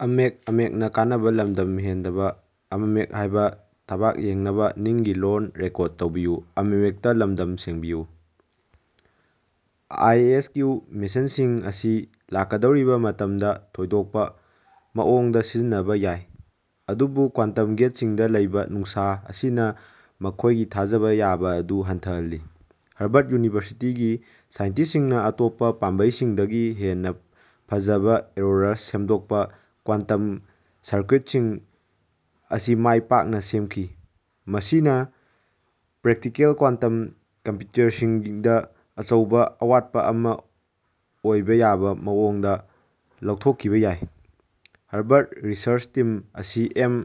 (ꯑꯥꯏ. S. Q) ꯃꯦꯁꯤꯟꯁꯤꯡ ꯑꯁꯤ ꯂꯥꯛꯀꯗꯧꯔꯤꯕ ꯃꯇꯝꯗ ꯊꯣꯏꯗꯣꯛꯄ ꯃꯑꯣꯡꯗ ꯁꯤꯖꯤꯟꯅꯕ ꯌꯥꯏ, ꯑꯗꯨꯕꯨ ꯀ꯭ꯋꯥꯟꯇꯝ ꯒꯦꯠꯁꯤꯡꯗ ꯂꯩꯕ ꯅꯨꯡꯁꯥ ꯑꯁꯤꯅ ꯃꯈꯣꯏꯒꯤ ꯊꯥꯖꯕ ꯌꯥꯕ ꯑꯗꯨ ꯍꯟꯊꯍꯜꯂꯤ꯫ꯍꯔꯕꯔ꯭ꯗ ꯌꯨꯅꯤꯚꯔꯁꯤꯇꯤꯒꯤ ꯁꯥꯏꯟꯇꯤꯁꯁꯤꯡꯅ ꯑꯇꯣꯞꯄ ꯄꯥꯝꯕꯩꯁꯤꯡꯗꯒꯤ ꯍꯦꯟꯅ ꯐꯖꯅ ꯑꯔꯣꯔꯁ ꯁꯦꯝꯗꯣꯛꯄ "ꯀ꯭ꯋꯥꯟꯇꯝ ꯁꯔꯀ꯭ꯌꯨꯠꯁꯤꯡ" ꯑꯁꯤ ꯃꯥꯏ ꯄꯥꯛꯅ ꯁꯦꯝꯈꯤ, ꯃꯁꯤꯅ ꯄ꯭ꯔꯦꯛꯇꯤꯀꯦꯜ ꯀ꯭ꯋꯥꯟꯠꯝ ꯀꯝꯄ꯭ꯌꯨꯇꯔꯁꯤꯡꯗ ꯑꯆꯧꯕ ꯑꯋꯥꯠꯄ ꯑꯃ ꯑꯣꯏꯕ ꯌꯥꯕ ꯃꯑꯣꯡꯗ ꯂꯧꯊꯣꯛꯈꯤꯕ ꯌꯥꯏ꯫ ꯍꯔꯕꯔ꯭ꯗ ꯔꯤꯁꯔ꯭ꯆ ꯇꯤꯝ ꯑꯁꯤ M.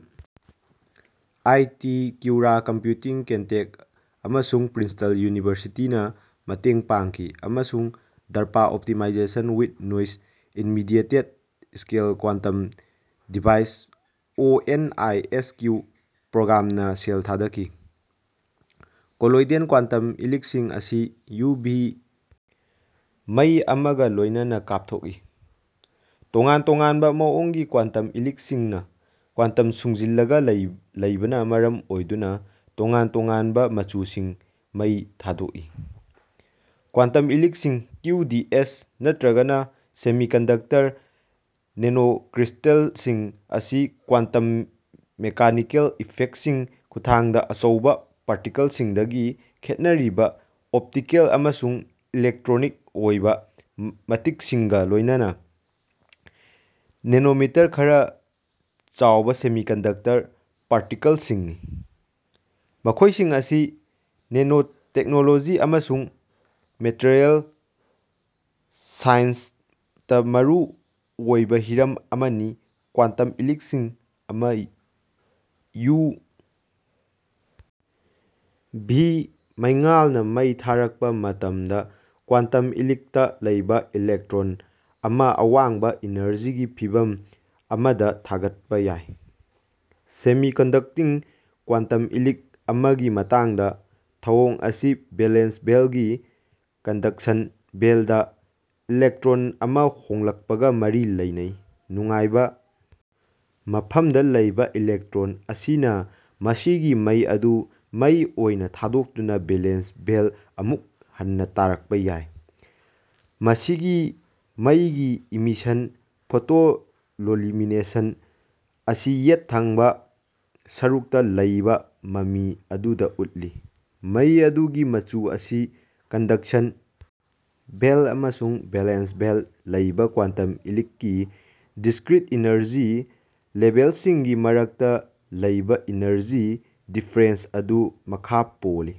I. T., QuEra computing, Caltech, ꯑꯃꯁꯨꯡ ꯄ꯭ꯔꯤꯟꯁꯇꯟ ꯌꯨꯅꯤꯚꯔꯁꯤꯇꯤꯅ ꯃꯇꯦꯡ ꯄꯥꯡꯈꯤ ꯑꯃꯁꯨꯡ DARPA optimization with noisy intermediate scale quantum devices (O. N. I. S. Q) program ꯅ ꯁꯦꯜ ꯊꯥꯗꯈꯤ꯫ ꯀꯣꯂꯣꯏꯗꯦꯜ ꯀ꯭ꯋꯥꯟꯇꯝ ꯏꯂꯤꯛꯁꯤꯡ ꯑꯁꯤ ꯌꯨ. ꯚꯤ. ꯃꯩ ꯑꯃꯒ ꯂꯣꯏꯅꯅ ꯀꯥꯞꯊꯣꯛꯏ꯫ ꯇꯣꯉꯥꯟ-ꯇꯣꯉꯥꯟꯕ ꯃꯑꯣꯡꯒꯤ ꯀ꯭ꯋꯥꯟꯇꯝ ꯏꯂꯤꯛꯁꯤꯡꯅ ꯀ꯭ꯋꯥꯟꯇꯝ ꯁꯨꯡꯖꯤꯟꯂꯒ ꯂꯩꯕꯅ ꯃꯔꯝ ꯑꯣꯏꯗꯨꯅ ꯇꯣꯉꯥꯟ-ꯇꯣꯉꯥꯟꯕ ꯃꯆꯨꯁꯤꯡꯒꯤ ꯃꯩ ꯊꯥꯗꯣꯛꯏ꯫ ꯀ꯭ꯋꯥꯟꯇꯝ ꯏꯂꯤꯛꯁꯤꯡ (ꯀ꯭ꯌꯨ. ꯗꯤ. ꯑꯦꯁ.) ꯅꯠꯇ꯭ꯔꯒ ꯁꯦꯃꯤꯀꯟꯗꯛꯇꯔ ꯅꯦꯅꯣꯀ꯭ꯔꯤꯁꯇꯜꯁꯤꯡ ꯑꯁꯤ ꯀ꯭ꯋꯥꯟꯇꯝ ꯃꯦꯀꯥꯅꯤꯀꯦꯜ ꯏꯐꯦꯛꯁꯤꯡ ꯈꯨꯠꯊꯥꯡꯗ ꯑꯆꯧꯕ ꯄꯥꯔꯇꯤꯀꯜꯁꯤꯡꯗꯒꯤ ꯈꯦꯠꯅꯔꯤꯕ ꯑꯣꯞꯇꯤꯀꯦꯜ ꯑꯃꯁꯨꯡ ꯏꯂꯦꯛꯇ꯭ꯔꯣꯅꯤꯛ ꯑꯣꯏꯕ ꯃꯇꯤꯛꯁꯤꯡꯒ ꯂꯣꯏꯅꯅ ꯅꯦꯅꯣꯃꯤꯇꯔ ꯈꯔ ꯆꯥꯎꯕ ꯁꯦꯃꯤꯀꯟꯗꯛꯇꯔ ꯄꯥꯔꯇꯤꯀꯜꯁꯤꯡꯅꯤ꯫ ꯃꯈꯣꯏꯁꯤꯡ ꯑꯁꯤ ꯅꯦꯅꯣ ꯇꯦꯛꯅꯣꯂꯣꯖꯤ ꯑꯃꯁꯨꯡ ꯃꯦꯇ꯭ꯔꯤꯌꯦꯜꯁ ꯁꯥꯏꯟ꯭ꯁꯇ ꯃꯔꯨ ꯑꯣꯏꯕ ꯍꯤꯔꯝ ꯑꯃꯅꯤ꯫ ꯀ꯭ꯋꯥꯟꯇꯝ ꯏꯂꯤꯛ ꯑꯃ ꯌꯨ. ꯚꯤ. ꯃꯩꯉꯥꯜꯅ ꯃꯩ ꯊꯥꯔꯛꯄ ꯃꯇꯝꯗ, ꯀ꯭ꯋꯥꯟꯇꯝ ꯏꯂꯤꯛꯇ ꯂꯩꯕ ꯏꯂꯦꯛꯇ꯭ꯔꯣꯟ ꯑꯃ ꯑꯋꯥꯡꯕ ꯏꯅꯔꯖꯤꯒꯤ ꯐꯤꯚꯝ ꯑꯃꯗ ꯊꯥꯒꯠꯄ ꯌꯥꯏ꯫ ꯁꯦꯃꯤꯀꯣꯟꯗꯛꯇꯤꯡ ꯀ꯭ꯋꯥꯟꯇꯝ ꯏꯂꯤꯛ ꯑꯃꯒꯤ ꯃꯇꯥꯡꯗ, ꯊꯧꯑꯣꯡ ꯑꯁꯤ ꯚꯦꯂꯦꯟꯁ ꯕꯦꯟꯗꯇꯒꯤ ꯀꯟꯗꯛꯁꯟ ꯕꯦꯟꯗꯗ ꯏꯂꯦꯛꯇ꯭ꯔꯣꯟ ꯑꯃ ꯍꯣꯡꯂꯛꯄꯒ ꯃꯔꯤ ꯂꯩꯅꯩ꯫ ꯅꯨꯉꯥꯏꯕ ꯃꯐꯝꯗ ꯂꯩꯕ ꯏꯂꯦꯛꯇ꯭ꯔꯣꯟ ꯑꯁꯤꯅ ꯃꯁꯤꯒꯤ ꯃꯩ ꯑꯗꯨ ꯃꯩ ꯑꯣꯏꯅ ꯊꯥꯗꯣꯛꯇꯨꯅ ꯚꯦꯂꯦꯟꯁ ꯕꯦꯟꯗ ꯑꯃꯨꯛ ꯍꯟꯅ ꯇꯥꯔꯛꯄ ꯌꯥꯏ꯫ ꯃꯁꯤꯒꯤ ꯃꯩꯒꯤ ꯏꯃꯤꯁꯟ (ꯐꯣꯇꯣꯂꯣꯂꯤꯃꯤꯅꯦꯁꯦꯟꯁ) ꯑꯁꯤ ꯌꯦꯠ ꯊꯪꯕ ꯁꯔꯨꯛꯇ ꯂꯩꯕ ꯃꯃꯤ ꯑꯗꯨꯗ ꯎꯠꯂꯤ꯫ ꯃꯩ ꯑꯗꯨꯒꯤ ꯃꯆꯨ ꯑꯁꯤ ꯀꯟꯗꯛꯁꯟ ꯕꯦꯟꯗ ꯑꯃꯁꯨꯡ ꯚꯦꯂꯦꯟꯁ ꯕꯦꯟꯗ ꯂꯩꯕ ꯀ꯭ꯋꯥꯟꯇꯝ ꯏꯂꯤꯛꯀꯤ ꯗꯤꯁ꯭ꯀ꯭ꯔꯤꯠ ꯏꯅꯔꯖꯤ ꯂꯦꯕꯦꯜꯁꯤꯡꯒꯤ ꯃꯔꯛꯇ ꯂꯩꯕ ꯏꯅꯔꯖꯤ ꯗꯤꯐꯔꯦꯟꯁ ꯑꯗꯨꯒꯤ ꯃꯈꯥ ꯄꯣꯜꯂꯤ꯫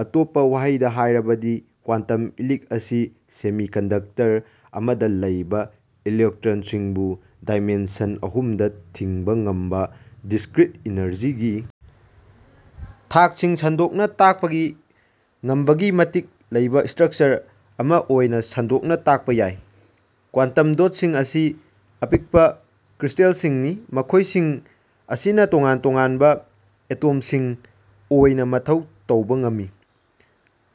ꯑꯇꯣꯞꯄ ꯋꯥꯍꯩꯗ ꯍꯥꯏꯔꯕꯗꯤ, ꯀ꯭ꯋꯥꯟꯇꯝ ꯏꯂꯤꯛ ꯑꯁꯤ ꯁꯦꯃꯤꯀꯟꯗꯛꯇꯔ ꯑꯃꯗ ꯂꯩꯕ ꯏꯂꯦꯛꯇ꯭ꯔꯣꯟꯁꯤꯡꯕꯨ ꯗꯥꯏꯃꯦꯟꯁꯟ ꯑꯍꯨꯝꯗ ꯊꯤꯡꯕ ꯉꯝꯕ, ꯗꯤꯁꯀ꯭ꯔꯤꯠ ꯏꯅꯔꯖꯤꯒꯤ ꯊꯥꯛꯁꯤꯡ ꯁꯟꯗꯣꯛꯅ ꯇꯥꯛꯄꯒꯤ ꯉꯝꯕꯒꯤ ꯃꯇꯤꯛ ꯂꯩꯕ ꯁꯇ꯭ꯔꯛꯆꯔ ꯑꯃ ꯑꯣꯏꯅ ꯁꯟꯗꯣꯛꯅ ꯇꯥꯛꯄ ꯌꯥꯏ꯫ ꯀ꯭ꯋꯥꯟꯇꯝ ꯗꯣꯠꯁꯤꯡ ꯑꯁꯤ ꯑꯄꯤꯛꯄ ꯀ꯭ꯔꯤꯁꯇꯦꯜꯁꯤꯡꯅꯤ, ꯃꯈꯣꯏꯁꯤꯡ ꯑꯁꯤꯅ ꯇꯣꯉꯥꯟ-ꯇꯣꯉꯥꯟꯕ ꯑꯦꯇꯣꯝꯁꯤꯡ ꯑꯣꯏꯅ ꯃꯊꯧ ꯇꯧꯕ ꯉꯝꯃꯤ,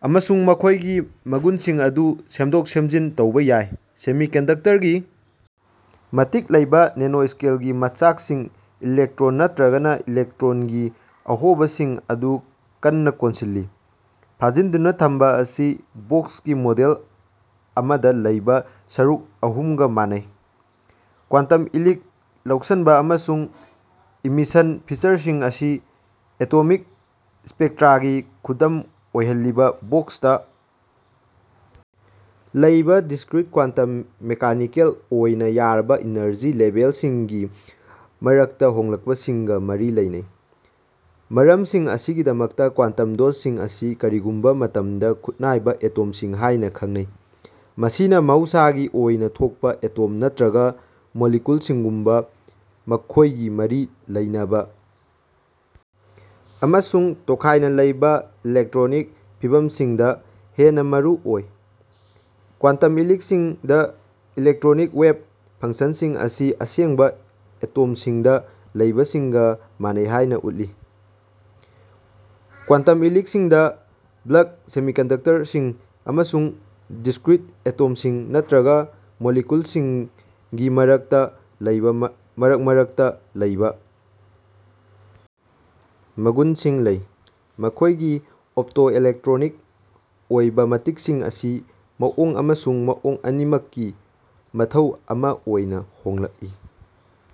ꯑꯃꯁꯨꯡ ꯃꯈꯣꯏꯒꯤ ꯃꯒꯨꯟꯁꯤꯡ ꯑꯗꯨ ꯁꯦꯝꯗꯣꯛ-ꯁꯥꯖꯤꯟ ꯇꯧꯕ ꯌꯥꯏ꯫ ꯁꯦꯃꯤꯀꯟꯗꯛꯇꯔꯒꯤ ꯃꯇꯤꯛ ꯂꯩꯕ ꯅꯦꯅꯣꯁ꯭ꯀꯦꯜꯒꯤ ꯃꯆꯥꯛꯁꯤꯡ ꯏꯂꯦꯛꯇ꯭ꯔꯣꯟ ꯅꯠꯇ꯭ꯔꯒ ꯏꯂꯦꯛꯇ꯭ꯔꯣꯟꯒꯤ ꯑꯍꯣꯕꯁꯤꯡ ꯑꯗꯨ ꯀꯟꯅ ꯀꯣꯟꯁꯤꯜꯂꯤ꯫ ꯐꯥꯖꯤꯟꯗꯨꯅ ꯊꯝꯕ ꯑꯁꯤ ꯕꯣꯛꯁꯀꯤ ꯃꯣꯗꯦꯜ ꯑꯃꯗ ꯂꯩꯕ ꯁꯔꯨꯛ ꯑꯍꯨꯝꯒ ꯃꯥꯟꯅꯩ꯫ ꯀ꯭ꯋꯥꯟꯇꯝ ꯏꯂꯤꯛ ꯂꯧꯁꯤꯟꯕ ꯑꯃꯁꯨꯡ ꯏꯃꯤꯁꯟ ꯐꯤꯆꯔꯁꯤꯡ ꯑꯁꯤ ꯑꯦꯇꯣꯃꯤꯛ ꯁ꯭ꯄꯦꯛꯇ꯭ꯔꯥꯒꯤ ꯈꯨꯗꯝ ꯑꯣꯏꯍꯜꯂꯤꯕ ꯕꯣꯛꯁꯇ ꯂꯩꯕ ꯗꯤꯁꯀ꯭ꯔꯤꯠ ꯀ꯭ꯋꯥꯟꯇꯝ ꯃꯦꯀꯥꯅꯤꯀꯦꯜ ꯑꯣꯏꯅ ꯌꯥꯔꯕ ꯏꯅꯔꯖꯤ ꯂꯦꯕꯦꯜꯁꯤꯡꯒꯤ ꯃꯔꯛꯇ ꯍꯣꯡꯂꯛꯄꯁꯤꯡꯒ ꯃꯔꯤ ꯂꯩꯅꯩ꯫ ꯃꯔꯝꯁꯤꯡ ꯑꯁꯤꯒꯤꯗꯃꯛꯇ, ꯀ꯭ꯋꯥꯟꯇꯝ ꯗꯣꯠꯁꯤꯡ ꯑꯁꯤ ꯀꯔꯤꯒꯨꯝꯕ ꯃꯇꯝꯗ ꯈꯨꯠꯅꯥꯏꯕ ꯑꯦꯇꯣꯝꯁꯤꯡ ꯍꯥꯏꯅ ꯈꯪꯅꯩ, ꯃꯁꯤꯅ ꯃꯍꯧꯁꯥꯒꯤ ꯑꯣꯏꯅ ꯊꯣꯛꯄ ꯑꯦꯇꯣꯝ ꯅꯠꯇ꯭ꯔꯒ ꯃꯣꯂꯤꯀꯨꯜꯁꯤꯡꯒꯨꯝꯕ ꯃꯈꯣꯏꯒꯤ ꯃꯔꯤ ꯂꯩꯅꯕ ꯑꯃꯁꯨꯡ ꯇꯣꯈꯥꯏꯅ ꯂꯩꯕ ꯏꯂꯦꯛꯇ꯭ꯔꯣꯅꯤꯛ ꯐꯤꯚꯝꯁꯤꯡꯗ ꯍꯦꯟꯅ ꯃꯔꯨ ꯑꯣꯏ꯫ ꯀ꯭ꯋꯥꯟꯇꯝ ꯏꯂꯤꯛꯁꯤꯡꯗ ꯏꯂꯦꯛꯇ꯭ꯔꯣꯅꯤꯛ ꯋꯦꯕ ꯐꯡꯁꯟꯁꯤꯡ ꯑꯁꯤ ꯑꯁꯦꯡꯕ ꯑꯦꯇꯣꯝꯁꯤꯡꯗ ꯂꯩꯕꯁꯤꯡꯒ ꯃꯥꯟꯅꯩ ꯍꯥꯏꯅ ꯎꯠꯈꯤ꯫ ꯀ꯭ꯋꯥꯟꯇꯝ ꯏꯂꯤꯛꯁꯤꯡꯗ ꯕꯜꯛ ꯁꯦꯃꯤꯀꯟꯗꯛꯇꯔꯁꯤꯡ ꯑꯃꯁꯨꯡ ꯗꯤꯁ꯭ꯀ꯭ꯔꯤꯠ ꯑꯦꯇꯣꯝꯁꯤꯡ ꯅꯠꯇ꯭ꯔꯒ ꯃꯣꯂꯤꯀꯨꯜꯁꯤꯡꯒꯤ ꯃꯔꯛꯇ ꯂꯩꯕ ꯃꯔꯛ-ꯃꯔꯛꯇ ꯂꯩꯕ ꯃꯒꯨꯟꯁꯤꯡ ꯂꯩ꯫ ꯃꯈꯣꯏꯒꯤ ꯑꯣꯞꯇꯣꯂꯦꯛꯇ꯭ꯔꯣꯅꯤꯛ ꯑꯣꯏꯕ ꯃꯇꯤꯛꯁꯤꯡ ꯑꯁꯤ ꯃꯑꯣꯡ ꯑꯃꯁꯨꯡ ꯃꯑꯣꯡ ꯑꯅꯤꯃꯛꯀꯤ ꯃꯊꯧ ꯑꯃ ꯑꯣꯏꯅ ꯍꯣꯡꯂꯛꯏ꯫